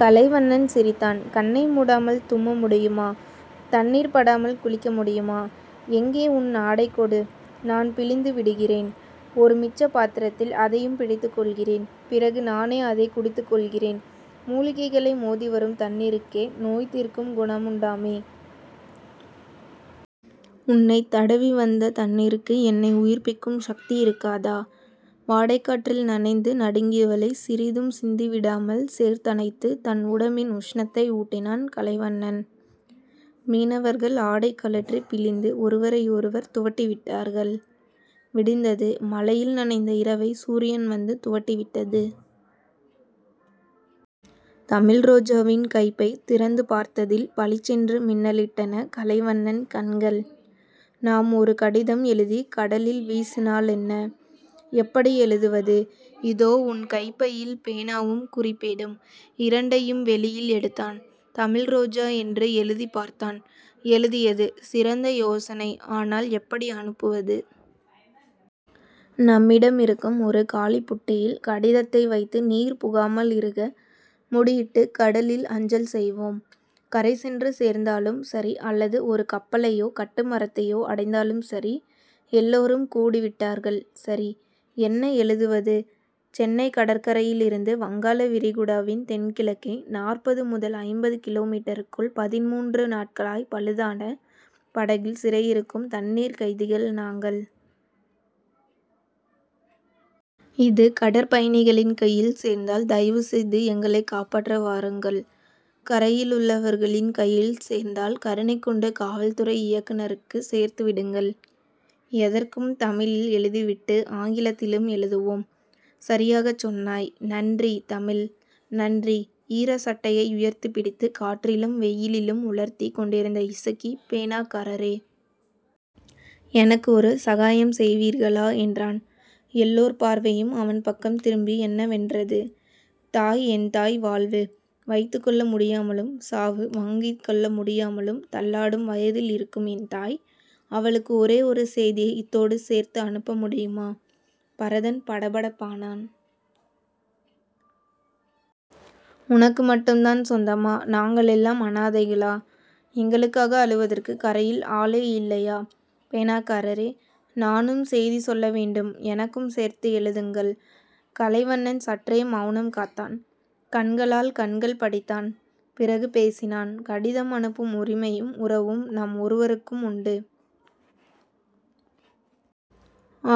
கலைவண்ணன் சிரித்தான். கண்ணை முடாமல் தும்ம முடியுமா? தண்ணீர் படாமல் குளிக்க முடியுமா? எங்கே உன் ஆடை கொடு. நான் பிழிந்து விடுகிறேன். ஒரு மிச்சப் பாத்திரத்தில் அதையும் பிடித்துக் கொள்கிறேன். பிறகு, நானே அதைக் குடித்துக் கொள்கிறேன். முலிகைகளை மோதிவரும் தண்ணீருக்கே நோய்தீர்க்கும் குணமுண்டாமே. உன்னைத் தடவி வந்த தண்ணீருக்கு என்னை உயிர்ப்பிக்கும் சக்தி இருக்காதா? வாடைக் காற்றில் நனைந்து நடுங்கியவளைச் சிறிதும் சிந்திவிடாமல் சேர்த்தணைத்துத் தன் உடம்பின் உஷணத்தை ஊட்டினான் கலைவண்ணன். மீனவர்கள் ஆடை கழற்றிப் பிழிந்து ஒருவரையொருவர் துவட்டிவிட்டார்கள். விடிந்தது. மழையில் நனைந்த இரவை சூரியன் வந்து துவட்டி விட்டது. தமிழ்ரோஜாவின் கைப்பை திறந்துபார்த்ததில் பளிச்சென்று மின்னலிட்டன கலைவண்ணன் கண்கள். நாம் ஒரு கடிதம் எழுதிக் கடலில் வீசினாலென்ன? எப்படி எழுதுவது? இதோ உன் கைப்பையில் பேனாவும் குறிப்பேடும்... இரண்டையும் வெளியில் எடுத்தான். தமிழ்ரோஜா என்று எழுதிப் பார்த்தான். எழுதியது. சிறந்த யோசனை. ஆனால், எப்படி அனுப்புவது? நம்மிடமிருக்கும் ஒரு காலிப்புட்டியில்... கடிதத்தை வைத்து நீர்புகாமல் இறுக முடியிட்டுக் கடலில் அஞ்சல் செய்வோம். கரைசென்று சேர்ந்தாலும் சரி அல்லது ஒரு கப்பலையோ கட்டுமரத்தையோ அடைந்தாலும் சரி எல்லோரும் கூடிவிட்டார்கள். சரி... என்ன எழுதுவது? சென்னைக் கடற்கரையிலிருந்து வங்காளவிரிகுடாவின் தென்கிழக்கே நாற்பது முதல் ஐம்பது கிலோ மீட்டருக்குள் பதின்முன்று நாட்களாய்ப் பழுதான படகில் சிறையிருக்கும் தண்ணீர்க் கைதிகள் நாங்கள். இது கடற்பயணிகளின் கையில் சேர்ந்தால் தயவுசெய்து எங்களைக் காப்பாற்ற வாருங்கள். கரையிலுள்ளவர்களின் கையில் சேர்ந்தால் கருணைகொண்டு காவல்துறை இயக்குநருக்குச் சேர்த்துவிடுங்கள். எதற்கும் தமிழில் எழுதிவிட்டு ஆங்கிலத்திலும் எழுதுவோம். சரியாகச் சொன்னாய்... நன்றி தமிழ். நன்றி. ஈரச்சட்டையை உயர்த்திப் பிடித்துக் காற்றிலும் வெயிலிலும் உலர்த்திக் கொண்டிருந்த இசக்கி, பேனாக்காரரே. எனக்கு ஒரு சகாயம் செய்வீர்களா? என்றான். எல்லோர் பார்வையும் அவன்பக்கம் திரும்பி என்னவென்றது. தாய் என் தாய் வாழ்வு, வைத்துக்கொள்ள முடியாமலும் சாவு, வாங்கிக் கொள்ள முடியாமலும் தள்ளாடும் வயதில் இருக்கும் என் தாய் அவளுக்கு ஒரே ஒரு சேதியை இத்தோடு சேர்த்து அனுப்பமுடியுமா? பரதன் படபடப்பானான். உனக்கு மட்டும்தான் சொந்தமா? நாங்களெல்லாம் அநாதைகளா? எங்களுக்காக அழுவதற்குக் கரையில் ஆளே இல்லையா? பேனாக்காரரே. நானும் சேதி சொல்ல வேண்டும். எனக்கும் சேர்த்து எழுதுங்கள். கலைவண்ணன் சற்றே மெளனம் காத்தான். கண்களால் கண்கள் படித்தான். பிறகு பேசினான். கடிதம் அனுப்பும் உரிமையும் உறவும் நம் ஒவ்வொருவருக்கும் உண்டு.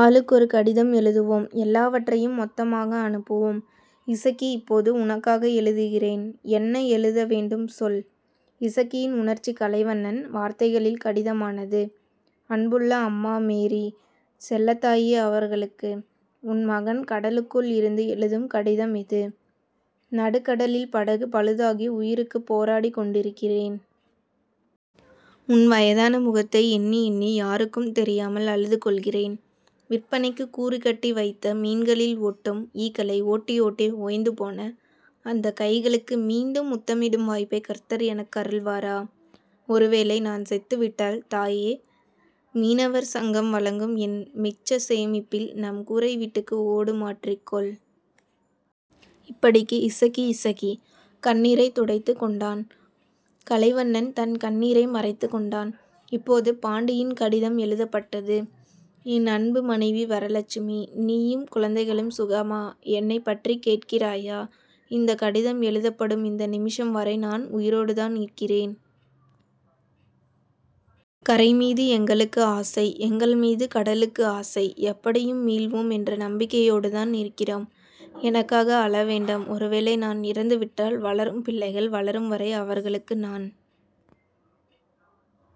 ஆளுக்கொரு கடிதம் எழுதுவோம். எல்லாவற்றையும் மொத்தமாக அனுப்புவோம். இசக்கி இப்போது உனக்காக எழுதுகிறேன். என்ன எழுத வேண்டும் சொல். இசக்கியின் உணர்ச்சி கலைவண்ணன் வார்த்தைகளில் கடிதமானது. அன்புள்ள அம்மா மேரி செல்லத்தாயி அவர்களுக்கு. உன் மகன் கடலுக்குள் இருந்து எழுதும் கடிதம் இது. நடுக்கடலில் படகு பழுதாகி உயிருக்குப் போராடிக் கொண்டிருக்கிறேன். உன் வயதான முகத்தை எண்ணி எண்ணி யாருக்கும் தெரியாமல் அழுது கொள்கிறேன். விற்பனைக்குக் கூறுகட்டி வைத்த மீன்களில் ஒட்டும் ஈக்களை ஓட்டி ஓட்டி ஓய்ந்துபோன அந்தக் கைகளுக்கு மீண்டும் முத்தமிடும் வாய்ப்பைக் கர்த்தர் எனக்கருள்வாரா? ஒருவேளை, நான் செத்துவிட்டால், தாயே... மீனவர் சங்கம் வழங்கும் என் மிச்சச் சேமிப்பில் நம் கூரைவீட்டுக்கு ஓடு மாற்றிக் கொள். இப்படிக்கு, இசக்கி இசக்கி கண்ணீரைத் துடைத்துக் கொண்டான். கலைவண்ணன் தன் கண்ணீரை மறைத்துக் கொண்டான். இப்போது பாண்டியின் கடிதம் எழுதப்பட்டது. என் அன்பு மனைவி வரலட்சுமி. நீயும் குழந்தைகளும் சுகமா? என்னைப் பற்றிக் கேட்கிறாயா? இந்தக் கடிதம் எழுதப்படும் இந்த நிமிஷம் வரை நான் உயிரோடுதானிருக்கிறேன். கரைமீது எங்களுக்கு ஆசை. எங்கள்மீது கடலுக்கு ஆசை. எப்படியும் மீள்வோம் என்ற நம்பிக்கையோடுதான் இருக்கிறோம். எனக்காக அழ வேண்டாம். ஒருவேளை, நான் இறந்துவிட்டால் வளரும் பிள்ளைகள் வளரும் வரை அவர்களுக்கு நான்